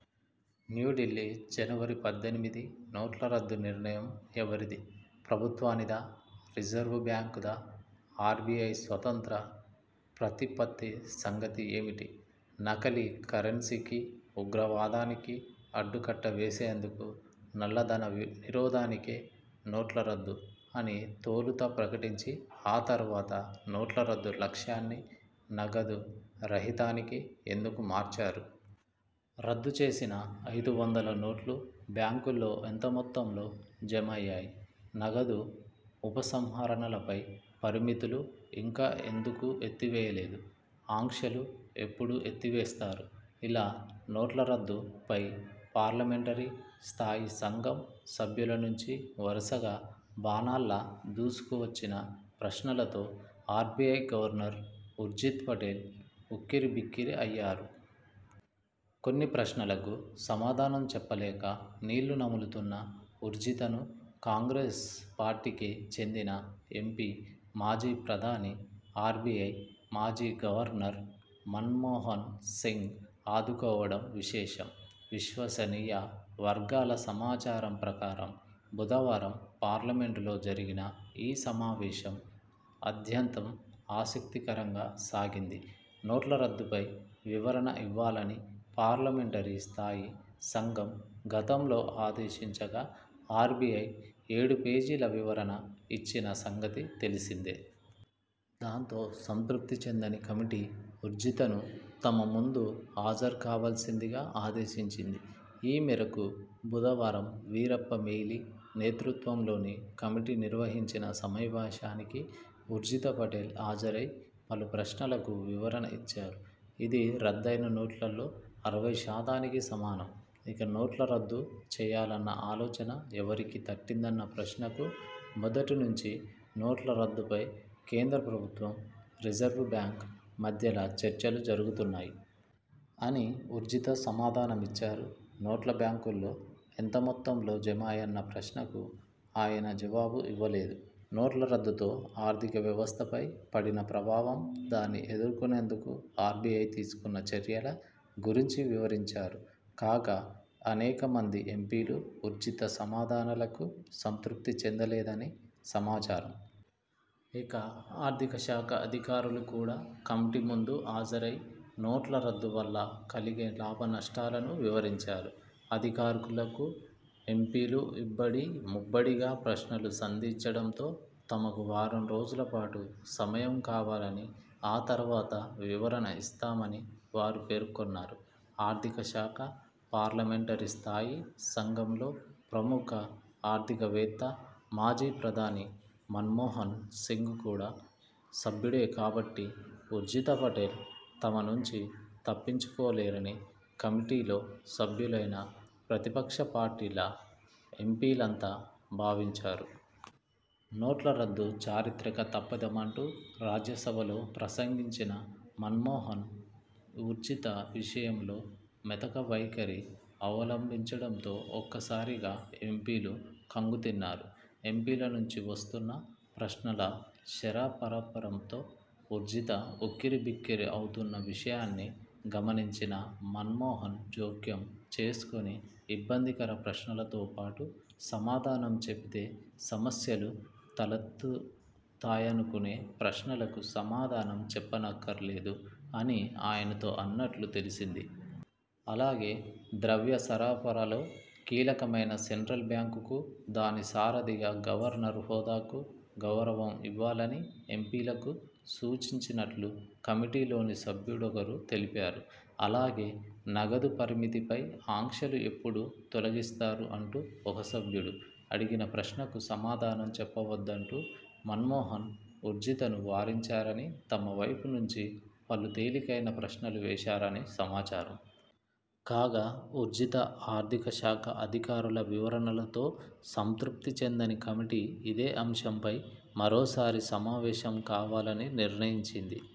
న్యూఢిల్లీ, జనవరి పద్దెనిమిది నోట్ల రద్దు నిర్ణయం ఎవరిది? ప్రభుత్వానిదా? రిజర్వుబ్యాంకుదా? ఆర్బీఐ స్వతంత్ర ప్రతిపత్తి సంగతి ఏమిటి? నకిలీ కరెన్సీకి, ఉగ్రవాదానికి అడ్డుకట్ట వేసేందుకు, నల్లధన నిరోధానికే నోట్ల రద్దు అని తొలుత ప్రకటించి ఆ తర్వాత నోట్ల రద్దు లక్ష్యాన్ని నగదు రహితానికి ఎందుకు మార్చారు? రద్దు చేసిన ఐదు వందల నోట్లు బ్యాంకుల్లో ఎంత మొత్తంలో జమయ్యాయి? నగదు ఉపసంహరణలపై పరిమితులు ఇంకా ఎందుకు ఎత్తి వేయలేదు? ఆంక్షలు ఎప్పుడు ఎత్తివేస్తారు? ఇలా నోట్ల రద్దు పై పార్లమెంటరీ స్థాయీ సంఘం సభ్యుల నుంచి వరుసగా బాణాల్లా దూసుకొచ్చిన ప్రశ్నలతో ఆర్బీఐ గవర్నర్ ఉర్జిత్ పటేల్ ఉక్కిరిబిక్కిరయ్యారు. కొన్ని ప్రశ్నలకు సమాధానం చెప్పలేక నీళ్లు నములుతున్న ఉర్జితను కాంగ్రెస్ పార్టీకే చెందిన ఎంపీ, మాజీ ప్రధాని, ఆర్బీఐ మాజీ గవర్నర్ మన్మోహన్ సింగ్ ఆదుకోవడం విశేషం! విశ్వసనీయ వర్గాల సమాచారం ప్రకారం బుధవారం పార్లమెంటులో జరిగిన ఈ సమావేశం ఆద్యంతం ఆసక్తికరంగా సాగింది. నోట్ల రద్దుపై వివరణ ఇవ్వాలని పార్లమెంటరీ స్థాయీ సంఘం గతంలో ఆదేశించగా ఆర్బీఐ ఏడు పేజీల వివరణ ఇచ్చిన సంగతి తెలిసిందే. దాంతో సంతృప్తి చెందని కమిటీ ఉర్జితను తమ ముందు హాజరు కావాల్సిందిగా ఆదేశించింది. ఈమేరకు బుధవారం వీరప్ప మొయిలీ నేతృత్వంలోని కమిటీ నిర్వహించిన సమాయావశానికి ఉర్జిత పటేల్ హాజరై పలు ప్రశ్నలకు వివరణ ఇచ్చారు. ఇది రద్దయిన నోట్లలో అరవై శాతానికి సమానం. ఇక, నోట్ల రద్దు చేయాలన్న ఆలోచన ఎవరికి తట్టిందన్న ప్రశ్నకు '' మొదటి నుంచి నోట్ల రద్దుపై కేంద్ర ప్రభుత్వం, రిజర్వు బ్యాంకు మధ్యల చర్చలు జరుగుతున్నాయి. '' అని ఉర్జిత సమాధానమిచ్చారు. నోట్లు బ్యాంకుల్లో ఎంత మొత్తంలో జమయ్యాయన్న ప్రశ్నకు ఆయన జవాబు ఇవ్వలేదు. నోట్ల రద్దుతో ఆర్థిక వ్యవస్థపై పడిన ప్రభావం, దాన్ని ఎదుర్కొనేందుకు ఆర్బీఐ తీసుకున్న చర్యల గురించి వివరించారు. కాగా అనేక మంది ఎంపీలు ఉర్జిత సమాధానాలకు సంతృప్తి చెందలేదని సమాచారం. ఇక ఆర్థిక శాఖ అధికారులు కూడా కమిటీ ముందు హాజరయ్యి నోట్ల రద్దు వల్ల కలిగే లాభనష్టాలను వివరించారు. అధికాకులకు ఎంపీలు ఇబ్బడి ముబ్బడిగా ప్రశ్నలు సంధించడంతో తమకు వారం రోజుల పాటు సమయం కావాలని, ఆ తర్వాత వివరణ ఇస్తామని వారు పేర్కొన్నారు. ఆర్థిక శాఖ పార్లమెంటరీ స్థాయీ సంఘంలో ప్రముఖ ఆర్థిక వేత్త, మాజీ ప్రధాని మన్మోహన్ సింగ్ కూడా సభ్యుడే కాబట్టి ఉర్జిత పటేల్ తమ నుంచి తప్పించుకోలేరని కమిటీలో సభ్యులైన ప్రతిపక్ష పార్టీల ఎంపీలంతా భావించారు. నోట్ల రద్దు చారిత్రక తప్పిదమంటూ రాజ్యసభలో ప్రసంగించిన మన్మోహన్ ఉర్జిత విషయంలో మెతక వైఖరి అవలంభించడంతో ఒక్కసారిగా ఎంపీలు ఖంగుతిన్నారు. ఎంపీల నుంచి వస్తున్న ప్రశ్నల శరపరంపరతో ఉర్జిత ఉక్కిరిబిక్కిరి అవుతున్న విషయాన్ని గమనించిన మన్మోహన్ జోక్యం చేసుకొని ''ఇబ్బందికర ప్రశ్నలతో పాటు సమాధానం చెబితే సమస్యలు తలెత్తుతాయనుకునే ప్రశ్నలకు సమాధానం చెప్పనక్కరలేదు '' అని ఆయనతో అన్నట్లు తెలిసింది. అలాగే ద్రవ్యసరఫరాలో కీలకమైన సెంట్రల్ బ్యాంకుకు, దాని సారథిగా గవర్నర్ హోదాకు గౌరవం ఇవ్వాలని ఎంపీలకు సూచించినట్లు కమిటీలోని సభ్యుడొకరు తెలిపారు. అలాగే 'నగదు పరిమితిపై ఆంక్షలు ఎప్పుడు తొలగిస్తారు' అంటూ ఒక సభ్యుడు అడిగిన ప్రశ్నకు సమాధానం చెప్పవద్దంటూ మన్మోహన్ ఉర్జితను వారించారని తనవైపు నుంచి పలు తేలికైన ప్రశ్నలు వేశారని సమాచారం. కాగా ఉర్జిత, ఆర్థిక శాఖ అధికారుల వివరణలతో సంతృప్తి చెందని కమిటీ ఇదే అంశంపై మరోసారి సమావేశం కావాలని నిర్ణయించింది.